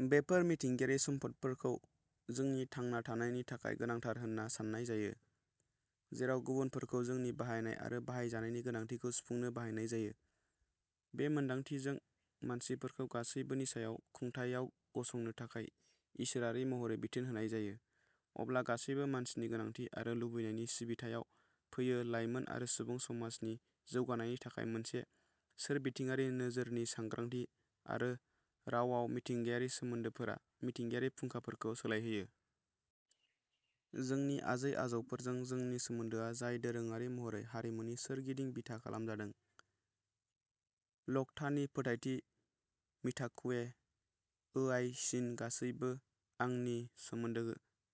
बेफोर मिथिंगायारि सम्फदफोरखौ जोंनि थांना थानायनि थाखाय गोनांथार होन्ना सान्नाय जायो, जेराव गुबुनफोरखौ जोंनि बाहायनाय आरो बाहायजानायनि गोनांथिखौ सुफुंनो बाहायनाय जायो। बे मोनदांथिजों, मानसिफोरखौ गासैबोनि सायाव खुंथाइआव गसंनो थाखाय इसोरारि महरै बिथोन होनाय जायो, अब्ला गासैबो मानसिनि गोनांथि आरो लुबैनायनि सिबिथायाव फैयो लायमोन आरो सुबुं समाजनि जौगानायनि थाखाय मोनसे सोरबिथिङारि नोजोरनि सांग्रांथि आरो रावाव मिथिंगायारि सोमोन्दोफोरा मिथिंगायारि फुंखाफोरखौ सोलायहोयो। जोंनि आजै-आजौफोरजों जोंनि सोमोन्दोआ जाय दोरोङारि महरै हारिमुनि सोरगिदिं बिथा खालामजादों, लकटानि फोथायथि मिताकुये ओयासिन गासैबो आंनि सोमोन्दो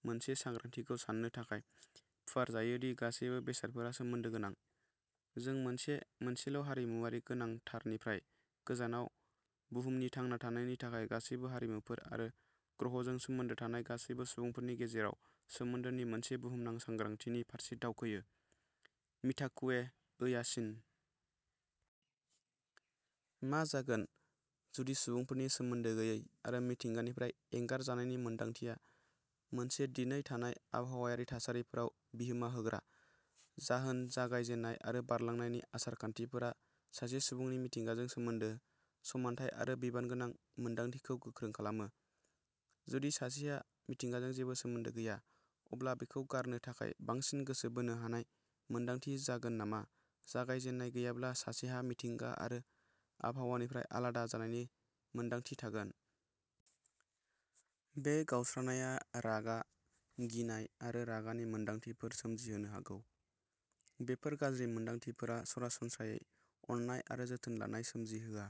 मोनसे सांग्रांथिखौ सान्नो थाखाय फुवारजायो दि गासैबो बेसादफोरा सोमोन्दो गोनां। जों मोनसे मोनसेल'हारिमुआरि गोनांथारनिफ्राय गोजानाव बुहुमनि थांना थानायनि थाखाय गासैबो हारिमुफोर आरो ग्रहजों सोमोन्दो थानाय गासैबो सुबुंफोरनि गेजेराव सोमोन्दोनि मोनसे बुहुमनां सांग्रांथिनि फारसे दावखोयो, मिताकुये ओयासिन। मा जागोन जुदि सुबुंफोरनि सोमोन्दो गैयै आरो मिथिंगानिफ्राय एंगारजानायनि मोनदांथिया मोनसे दिनै थानाय आबहावायारि थासारिफोराव बिहोमा होग्रा जाहोन जागायजेननाय आरो बारलांनायनि आसार-खान्थिफोरा सासे सुबुंनि मिथिंगाजों सोमोन्दो, समानथाय आरो बिबाननि मोनदांथिखौ गोख्रों खालामो। जुदि सासेहा मिथिंगाजों जेबो सोमोन्दो गैया, अब्ला बेखौ गारनो थाखाय बांसिन गोसो बोनो हानाय मोन्दांथि जागोन नामा जागायजेननाय गैयाब्ला सासेहा मिथिंगा आरो आबहावानिफ्राय आलादा जानायनि मोनदांथि थागोन। बे गावस्रानायआ रागा, गिनाय आरो रागानि मोनदांथिफोर सोमजिहोनो हागौ। बेफोर गाज्रि मोनदांथिफोरा सरासनस्रायै अननाय आरो जोथोन लानाय सोमजिहोआ।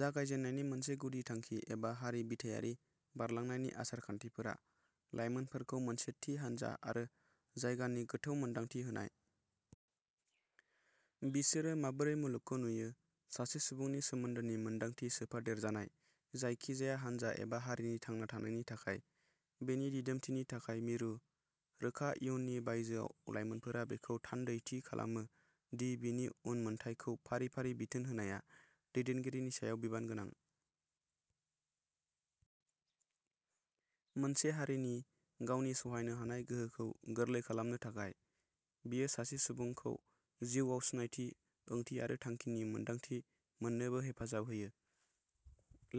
जागायजेन्नायनि मोनसे गुदि थांखि एबा हारि बिथायारि बारलांनायनि आसार-खान्थिफोरा, लाइमोनफोरखौ मोनसे थि हानजा आरो जायगानि गोथौ मोनदांथि होनाय। बिसोरो माबोरै मुलुगखौ नुयो। सासे सुबुंनि सोमोन्दोनि मोनदांथि सोफादेरजानाय जायखिजाया हानजा एबा हारिनि थांना थानायनि थाखाय, बेनि दिदोमथिनि थाखाय मिरु। रोखा इयुननि बायजोआव, लाइमोनफोरा बेखौ थान्दैथि खालामो दि बिनि उनमोनथायखौ फारि-फारि बिथोन होनाया दैदेनगिरिनि सायाव बिबान गोनां। मोनसे हारिनि गावनि सहायनो हानाय गोहोखौ गोरलै खालामनो थाखाय। बेयो सासे सुबुंखौ जिउआव सिनायथि, ओंथि आरो थांखिनि मोनदांथि मोननोबो हेफाजाब होयो।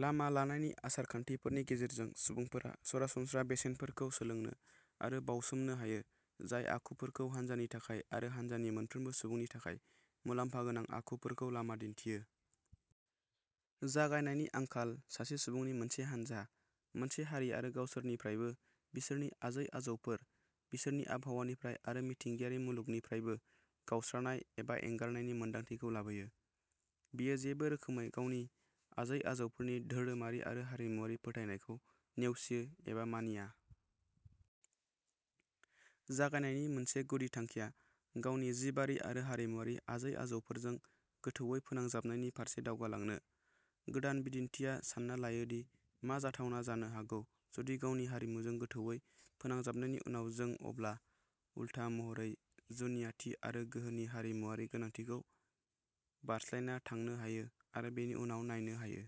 लामा लानायनि आसार-खान्थिफोरनि गेजेरजों सुबुंफोरा सरासनस्रा बेसेनफोरखौ सोलोंनो आरो बाउसोमनो हायो, जाय आखुफोरखौ हान्जानि थाखाय आरो हान्जानि मोनफ्रोमबो सुबुंनि थाखाय मुलाम्फा गोनां आखुफोरखौ लामा दिन्थियो। जागायनायनि आंखाल सासे सुबुंनि मोनसे हानजा, मोनसे हारि आरो गावसोरनिफ्रायबो, बिसोरनि आजै-आजौफोर, बिसोरनि आबहावानिफ्राय आरो मिथिंगायारि मुलुगनिफ्रायबो गावस्रानाय आरो एंगारनायनि मोनदांथिखौ लाबोयो। बेयो जेबो रोखोमै गावनि आजै-आजौफोरनि धोरोमारि आरो हारिमुआरि फोथायनायखौ नेवसियो एबा मानिया। जागायनायनि मोनसे गुदि थांखिया गावनि जिबारि आरो हारिमुआरि आजै-आजौफोरजों गोथौवै फोनांजाबनायनि फारसे दावगालांनो। गोदान बिदिनथिया सान्ना लायो दि मा जाथावना जानो हागौ जुदि गावनि हारिमुजों गोथौवै फोनांजाबनायनि उनाव जों अब्ला, उल्था महरै, जुनियाथि आरो गोहोनि हारिमुआरि गोनांथिखौ बारस्लायना थांनो हायो आरो बेनि उनाव नायनो हायो।